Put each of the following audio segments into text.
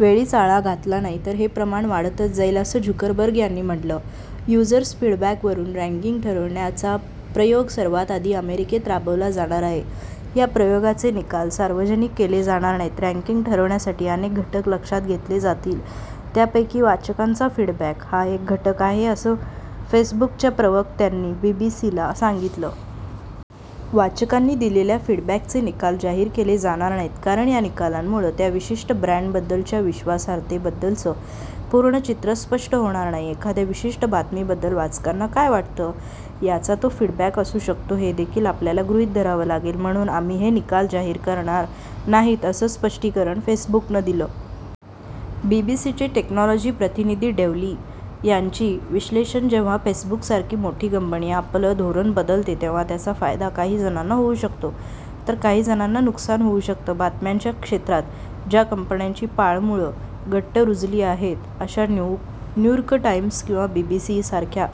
वेळीच आळा घातला नाही तर हे प्रमाण वाढतच जाईल असं झुकरबर्ग यांनी म्हटलं. युजर्स फीडबॅकवरुन रॅंकिंग ठरवण्याचा प्रयोग सर्वांत आधी अमेरिकेत राबवला जाणार आहे. या प्रयोगाचे निकाल सार्वजनिक केले जाणार नाहीत. रॅंकिंग ठरवण्यासाठी अनेक घटक लक्षात घेतले जातील त्यापैकी वाचकांचा फीडबॅक हा एक घटक आहे असं फेसबुकच्या प्रवक्त्यांनी बीबीसीला सांगितलं. वाचकांनी दिलेल्या फीडबॅकचे निकाल जाहीर केले जाणार नाहीत कारण या निकालांमुळं त्या विशिष्ट ब्रॅंडबद्दलच्या विश्वासार्हतेबद्दलचं पूर्ण चित्र स्पष्ट होणार नाही. एखाद्या विशिष्ट बातमीबद्दल वाचकांना काय वाटतं? याचा तो फीडबॅक असू शकतो हे देखील आपल्याला गृहित धरावं लागेल म्हणून आम्ही हे निकाल जाहीर करणार नाहीत असं स्पष्टीकरण फेसबुकनं दिलं. बीबीसीचे टेक्नोलॉजी प्रतिनिधी डेव्ह ली यांचं विश्लेषण जेव्हा फेसबुकसारखी मोठी कंपनी आपलं धोरण बदलते तेव्हा त्याचा फायदा काही जणांना होऊ शकतो तर काही जणांना नुकसान होऊ शकतं. बातम्यांच्या क्षेत्रात ज्या कंपन्यांची पाळंमुळं घट्ट रुजली आहेत अशा, न्यू र्क टाइम्स किंवा बीबीसी सारख्या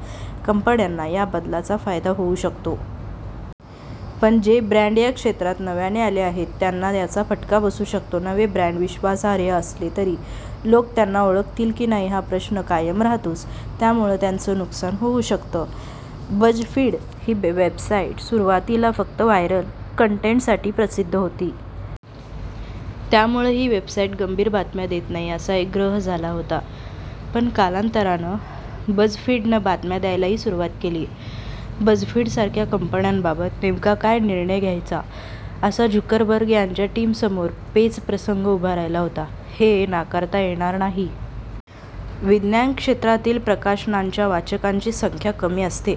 कंपन्यांना या बदलाचा फायदा होऊ शकतो. पण जे ब्रॅंड या क्षेत्रात नव्याने आले आहेत त्यांना याचा फटका बसू शकतो. नवे ब्रॅंड विश्वासार्ह असले तरी लोक त्यांना ओळखतील की नाही हा प्रश्न कायम राहतोच. त्यामुळं त्यांचं नुकसान होऊ शकतं. बझफीड ही वेबसाइट सुरुवातीला फक्त व्हायरल कंटेटसाठी प्रसिद्ध होती. त्यामुळं ही वेबसाइट गंभीर बातम्या देत नाही असा एक ग्रह झाला होता. पण कालांतरानं बझफीडनं बातम्या द्यायलाही सुरुवात केली. बझफीडसारख्या कंपन्यांबाबत नेमका काय निर्णय घ्यायचा असा झुकरबर्ग यांच्या टीमसमोर पेचप्रसंग उभा राहिला होता, हे नाकारता येणार नाही. विज्ञान क्षेत्रातील प्रकाशनांच्या वाचकांची संख्या कमी असते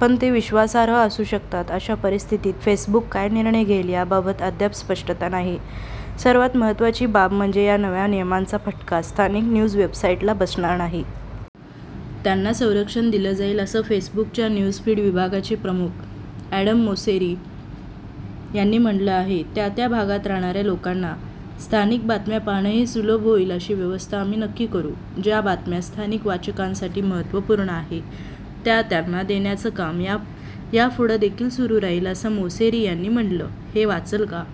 पण ते विश्वासार्ह असू शकतात. अशा परिस्थितीत फेसबुक काय निर्णय घेईल याबाबत अद्याप स्पष्टता नाही. सर्वांत महत्त्वाची बाब म्हणजे या नव्या नियमांचा फटका स्थानिक न्यूज वेबसाइट्सला बसणार नाही. त्यांना संरक्षण दिलं जाईल असं फेसबुकच्या न्यूज फीड विभागाचे प्रमुख अॅडम मोसेरी यांनी म्हटलं आहे. त्या-त्या भागात राहणाऱ्या लोकांना स्थानिक बातम्या पाहणं हे सुलभ होईल अशी व्यवस्था आम्ही नक्की करू. ज्या बातम्या स्थानिक वाचकांसाठी महत्त्वपूर्ण आहे त्या त्यांना देण्याचं काम यापुढं देखील सुरू राहील असं मोसेरी यांनी म्हटलं. हे वाचलं का?